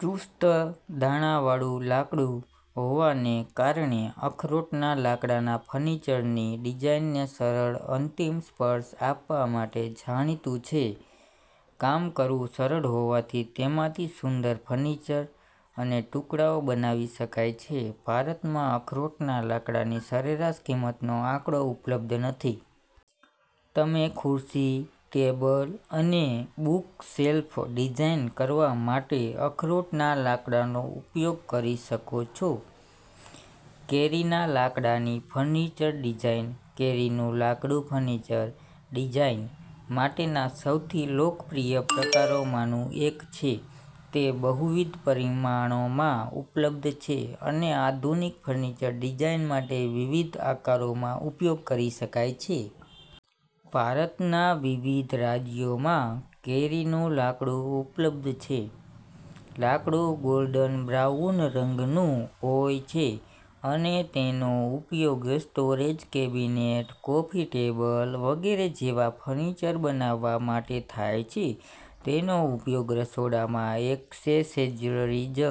ચુસ્ત-દાણાવાળું લાકડું હોવાને કારણે, અખરોટના લાકડાના ફર્નિચરની ડિઝાઇનને સરળ અંતિમ સ્પર્શ આપવા માટે જાણીતું છે. કામ કરવું સરળ હોવાથી તેમાંથી સુંદર ફર્નિચર અને ટુકડાઓ બનાવી શકાય છે. ભારતમાં અખરોટના લાકડાની સરેરાશ કિંમત નો આંકડો ઉપલબ્ધ નથી. તમે ખુરશી, ટેબલ અને બુકશેલ્ફ ડિઝાઇન કરવા માટે અખરોટના લાકડાનો ઉપયોગ કરી શકો છો. કેરીના લાકડાની ફર્નિચર ડિઝાઇન. કેરીનું લાકડું ફર્નિચર ડિઝાઇન માટેના સૌથી લોકપ્રિય પ્રકારોમાંનું એક છે. તે બહુવિધ પરિમાણોમાં ઉપલબ્ધ છે અને આધુનિક ફર્નિચર ડિઝાઇન માટે વિવિધ આકારોમાં ઉપયોગ કરી શકાય છે. ભારતના વિવિધ રાજ્યોમાં કેરીનું લાકડું ઉપલબ્ધ છે. લાકડું ગોલ્ડન બ્રાઉન રંગનું હોય છે અને તેનો ઉપયોગ સ્ટોરેજ કેબિનેટ, કોફી ટેબલ વગેરે જેવા ફર્નિચર બનાવવા માટે થાય છે. તેનો ઉપયોગ રસોડામાં એક્સેસરીઝ,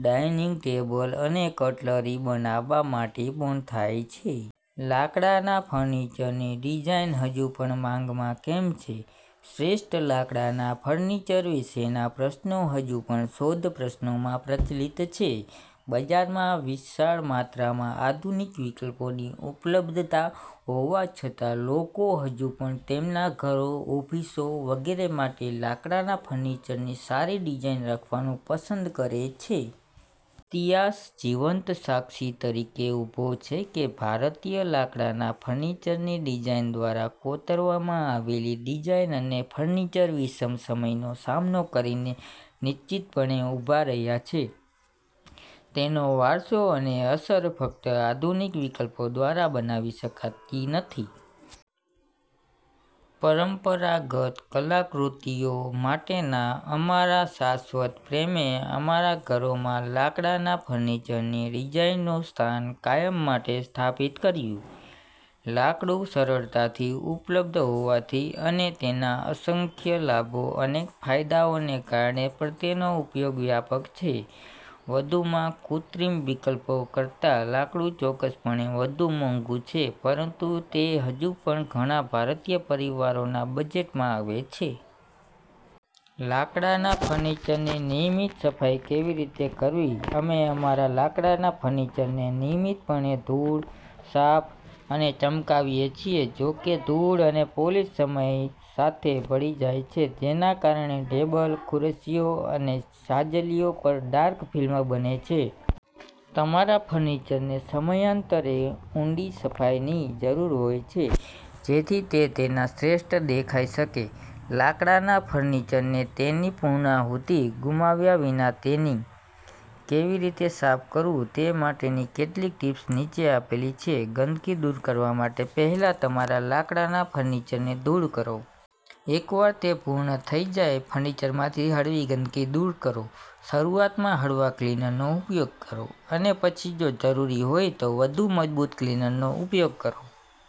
ડાઇનિંગ ટેબલ અને કટલરી બનાવવા માટે પણ થાય છે. લાકડાના ફર્નિચરની ડિઝાઇન હજુ પણ માંગમાં કેમ છે? શ્રેષ્ઠ લાકડાના ફર્નિચર વિશેના પ્રશ્નો હજુ પણ શોધ પ્રશ્નોમાં પ્રચલિત છે. બજારમાં વિશાળ માત્રામાં આધુનિક વિકલ્પોની ઉપલબ્ધતા હોવા છતાં, લોકો હજુ પણ તેમના ઘરો, ઓફિસો વગેરે માટે લાકડાના ફર્નિચરની સારી ડિઝાઇન રાખવાનું પસંદ કરે છે. ઈતિહાસ જીવંત સાક્ષી તરીકે ઊભો છે કે ભારતીય લાકડાના ફર્નિચરની ડિઝાઇન દ્વારા કોતરવામાં આવેલી ડિઝાઇન અને ફર્નિચર વિષમ સમયનો સામનો કરીને નિશ્ચિતપણે ઊભાં રહ્યાં છે. તેનો વારસો અને અસર ફક્ત આધુનિક વિકલ્પો દ્વારા બનાવી શકાતી નથી. પરંપરાગત કલાકૃતિઓ માટેના અમારા શાશ્વત પ્રેમે અમારા ઘરોમાં લાકડાના ફર્નિચરની ડિઝાઇનનું સ્થાન કાયમ માટે સ્થાપિત કર્યું. લાકડું સરળતાથી ઉપલબ્ધ હોવાથી અને તેના અસંખ્ય લાભો અને ફાયદાઓને કારણે પણ તેનો ઉપયોગ વ્યાપક છે. વધુમાં, કૃત્રિમ વિકલ્પો કરતાં લાકડું ચોક્કસપણે વધુ મોંઘું છે, પરંતુ તે હજુ પણ ઘણા ભારતીય પરિવારોના બજેટમાં આવે છે. લાકડાના ફર્નિચરની નિયમિત સફાઈ કેવી રીતે કરવી? અમે અમારા લાકડાના ફર્નિચરને નિયમિતપણે ધૂળ, સાફ અને ચમકાવીએ છીએ. જો કે, ધૂળ અને પોલિશ સમય સાથે ભળી જાય છે, જેના કારણે ટેબલ, ખુરશીઓ અને છાજલીઓ પર ડાર્ક ફિલ્મ બને છે. તમારા ફર્નિચરને સમયાંતરે ઊંડી સફાઈની જરૂર હોય છે જેથી તે તેના શ્રેષ્ઠ દેખાઈ શકે. લાકડાના ફર્નિચરને તેની પૂર્ણાહુતિ ગુમાવ્યા વિના તેને કેવી રીતે સાફ કરવું તે માટેની કેટલીક ટીપ્સ નીચે આપેલી છે. ગંદકી દૂર કરવા માટે પહેલા તમારા લાકડાના ફર્નિચરને ધૂળ કરો. એકવાર તે પૂર્ણ થઈ જાય, ફર્નિચરમાંથી હળવી ગંદકી દૂર કરો. શરૂઆતમાં હળવા ક્લીનરનો ઉપયોગ કરો અને પછી જો જરૂરી હોય તો વધુ મજબૂત ક્લીનરનો ઉપયોગ કરો.